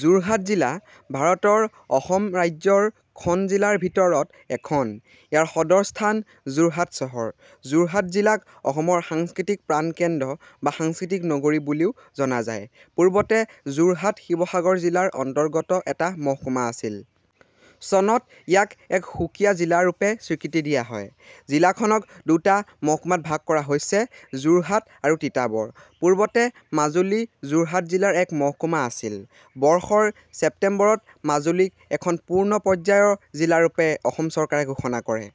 যোৰহাট জিলা ভাৰতৰ অসম ৰাজ্যৰ খন জিলাৰ ভিতৰত এখন। ইয়াৰ সদৰ স্থান যোৰহাট চহৰ। যোৰহাট জিলাক অসমৰ সাংস্কৃতিক প্ৰাণকেন্দ্ৰ বা সাংস্কৃতিক নগৰী বুলিও জনা যায়। পূৰ্বতে যোৰহাট শিৱসাগৰ জিলা ৰ অন্তৰ্গত এটা মহকুমা আছিল। চনত ইয়াক এক সুকীয়া জিলাৰূপে স্বীকৃতি দিয়া হয়। জিলাখনক দুটা মহকুমাত ভাগ কৰা হৈছে: যোৰহাট আৰু তিতাবৰ। পূৰ্বতে মাজুলী যোৰহাট জিলাৰ এক মহকুমা আছিল। বৰ্ষৰ ছেপ্টেম্বৰত মাজুলীক এখন পূৰ্ণ পৰ্যায়ৰ জিলাৰূপে অসম চৰকাৰে ঘোষণা কৰে।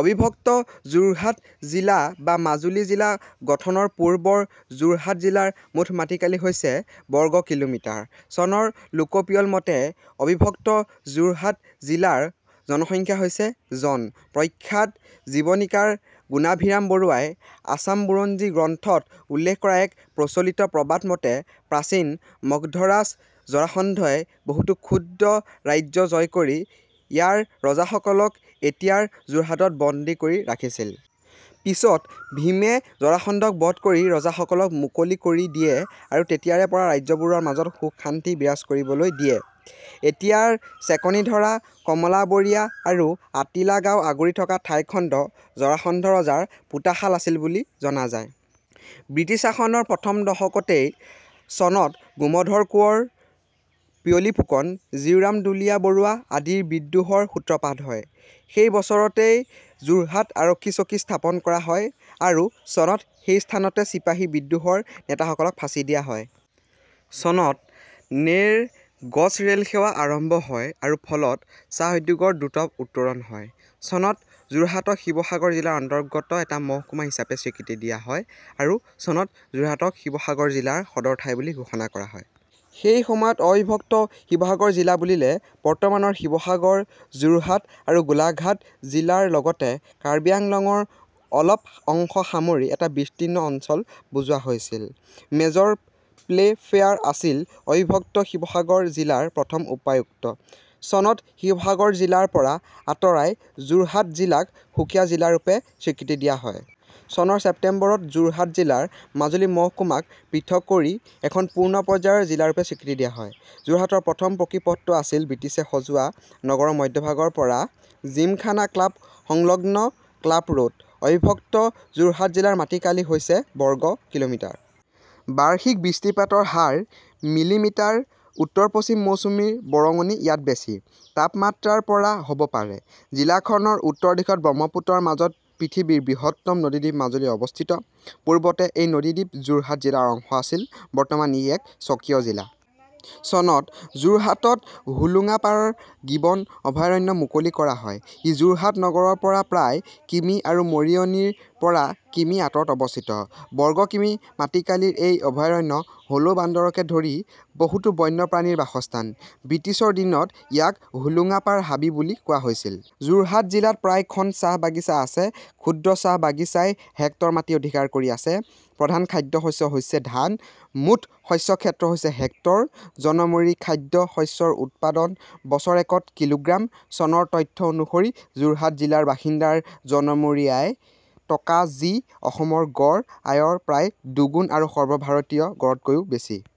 অবিভক্ত যোৰহাট জিলা বা মাজুলী জিলা গঠনৰ পূৰ্বৰ যোৰহাট জিলাৰ মুঠ মাটিকালি হৈছে বৰ্গ কিলোমিটাৰ। চনৰ লোকপিয়ল মতে অবিভক্ত যোৰহাট জিলাৰ জনসংখ্যা হৈছে জন। প্ৰখ্যাত জীৱনীকাৰ গুণাভিৰাম বৰুৱাই 'আসাম বুৰঞ্জী' গ্ৰন্থত উল্লেখ কৰা এক প্ৰচলিত প্ৰবাদ মতে প্ৰাচীন মগধৰাজ জৰাসন্ধই বহুতো ক্ষুদ্ৰ ৰাজ্য জয় কৰি ইয়াৰ ৰজাসকলক এতিয়াৰ যোৰহাটত বন্দী কৰি ৰাখিছিল। পিছত ভীমে জৰাসন্ধক বধ কৰি ৰজাসকলক মুকলি কৰি দিয়ে আৰু তেতিয়াৰে পৰা ৰাজ্যবোৰৰ মাজত সুখ-শান্তি বিৰাজ কৰিবলৈ দিয়ে। এতিয়াৰ চেকণীধৰা, কমলাবৰীয়া আৰু আতিলা গাঁও আগুৰি থকা ঠাইখণ্ড জৰাসন্ধ ৰজাৰ পোতাশাল আছিল বুলি জনা যায়। ব্ৰিটিছ শাসনৰ প্ৰথম দশকতেই চনত গোমধৰ কোঁৱৰ, পিয়লী ফুকন, জীউৰাম দুলীয়া বৰুৱা আদিৰ বিদ্ৰোহৰ সূত্ৰপাত হয়। সেই বছৰতেই যোৰহাট আৰক্ষী চকী স্থাপন কৰা হয় আৰু চনত সেই স্থানতে চিপাহী বিদ্ৰোহ ৰ নেতাসকলক ফাঁচী দিয়া হয়। চনত নেৰ'-গজ ৰেল সেৱা আৰম্ভ হয় আৰু ফলত চাহ উদ্যোগৰ দ্ৰুত উত্তৰণ হয়। চনত যোৰহাটক শিৱসাগৰ জিলাৰ অন্তৰ্গত এটা মহকুমা হিচাপে স্বীকৃতি দিয়া হয় আৰু চনত যোৰহাটক শিৱসাগৰ জিলাৰ সদৰ ঠাই বুলি ঘোষণা কৰা হয়। সেই সময়ত অবিভক্ত শিৱসাগৰ জিলা বুলিলে বৰ্তমানৰ শিৱসাগৰ, যোৰহাট আৰু গোলাঘাট জিলা ৰ লগতে কাৰ্বি আংলঙৰ অলপ অংশ সামৰি এটা বিস্তীৰ্ণ অঞ্চল বুজোৱা গৈছিল। মেজৰ প্লে'ফেয়াৰ আছিল অবিভক্ত শিৱসাগৰ জিলাৰ প্ৰথম উপায়ুক্ত। চনত শিৱসাগৰ জিলাৰ পৰা আঁতৰাই যোৰহাট জিলাক সুকীয়া জিলাৰূপে স্বীকৃতি দিয়া হয়। চনৰ ছেপ্টেম্বৰত যোৰহাট জিলাৰ মাজুলী মহকুমাক পৃথক কৰি এখন পূৰ্ণ পৰ্যায়ৰ জিলাৰূপে স্বীকৃতি দিয়া হয়। যোৰহাটৰ প্ৰথম পকী পথটো আছিল ব্ৰিটিছে সজোৱা নগৰৰ মধ্যভাগৰ পৰা জিমখানা ক্লাব সংলগ্ন 'ক্লাব ৰ'ড'। অবিভক্ত যোৰহাট জিলাৰ মাটিকালি হৈছে বৰ্গ কিলোমিটাৰ। বাৰ্ষিক বৃষ্টিপাতৰ হাৰ মিলিমিটাৰ। উত্তৰ-পশ্চিম মৌচুমীৰ বৰঙণি ইয়াত বেছি। তাপমাত্ৰা ৰ পৰা হ'ব পাৰে। জিলাখনৰ উত্তৰ দিশত ব্ৰহ্মপুত্ৰৰ মাজত পৃথিৱীৰ বৃহত্তম নদীদ্বীপ মাজুলী অৱস্থিত। পূৰ্বতে এই নদীদ্বীপ যোৰহাট জিলাৰ অংশ আছিল। বৰ্তমান ই এক স্বকীয় জিলা। চনত যোৰহাটত হোলোঙাপাৰ গিবন অভয়াৰণ্য মুকলি কৰা হয়। ই যোৰহাট নগৰৰ পৰা প্ৰায় কিমি আৰু মৰিয়নি ৰ পৰা কিমি আঁতৰত অৱস্থিত। বৰ্গ কিমি মাটিকালিৰ এই অভয়াৰণ্য হলৌ বান্দৰকে ধৰি বহুতো বন্যপ্ৰাণীৰ বাসস্থান। ব্ৰিটিছৰ দিনত ইয়াক হোলোঙাপাৰ হাবি বুলি কোৱা হৈছিল। যোৰহাট জিলাত প্ৰায় খন চাহ বাগিছা আছে। ক্ষুদ্ৰ চাহ বাগিছাই হেক্টৰ মাটি অধিকাৰ কৰি আছে। প্ৰধান খাদ্যশস্য হৈছে ধান। মুঠ শস্য ক্ষেত্ৰ হৈছে হেক্টৰ। জনমুৰি খাদ্য শস্যৰ উৎপাদন বছৰেকত কিলোগ্ৰাম। চনৰ তথ্য অনুসৰি যোৰহাট জিলাৰ বাসিন্দাৰ জনমুৰি আয় টকা যি অসমৰ গড় আয়ৰ প্ৰায় দুগুণ আৰু সৰ্বভাৰতীয় গড়তকৈও বেছি।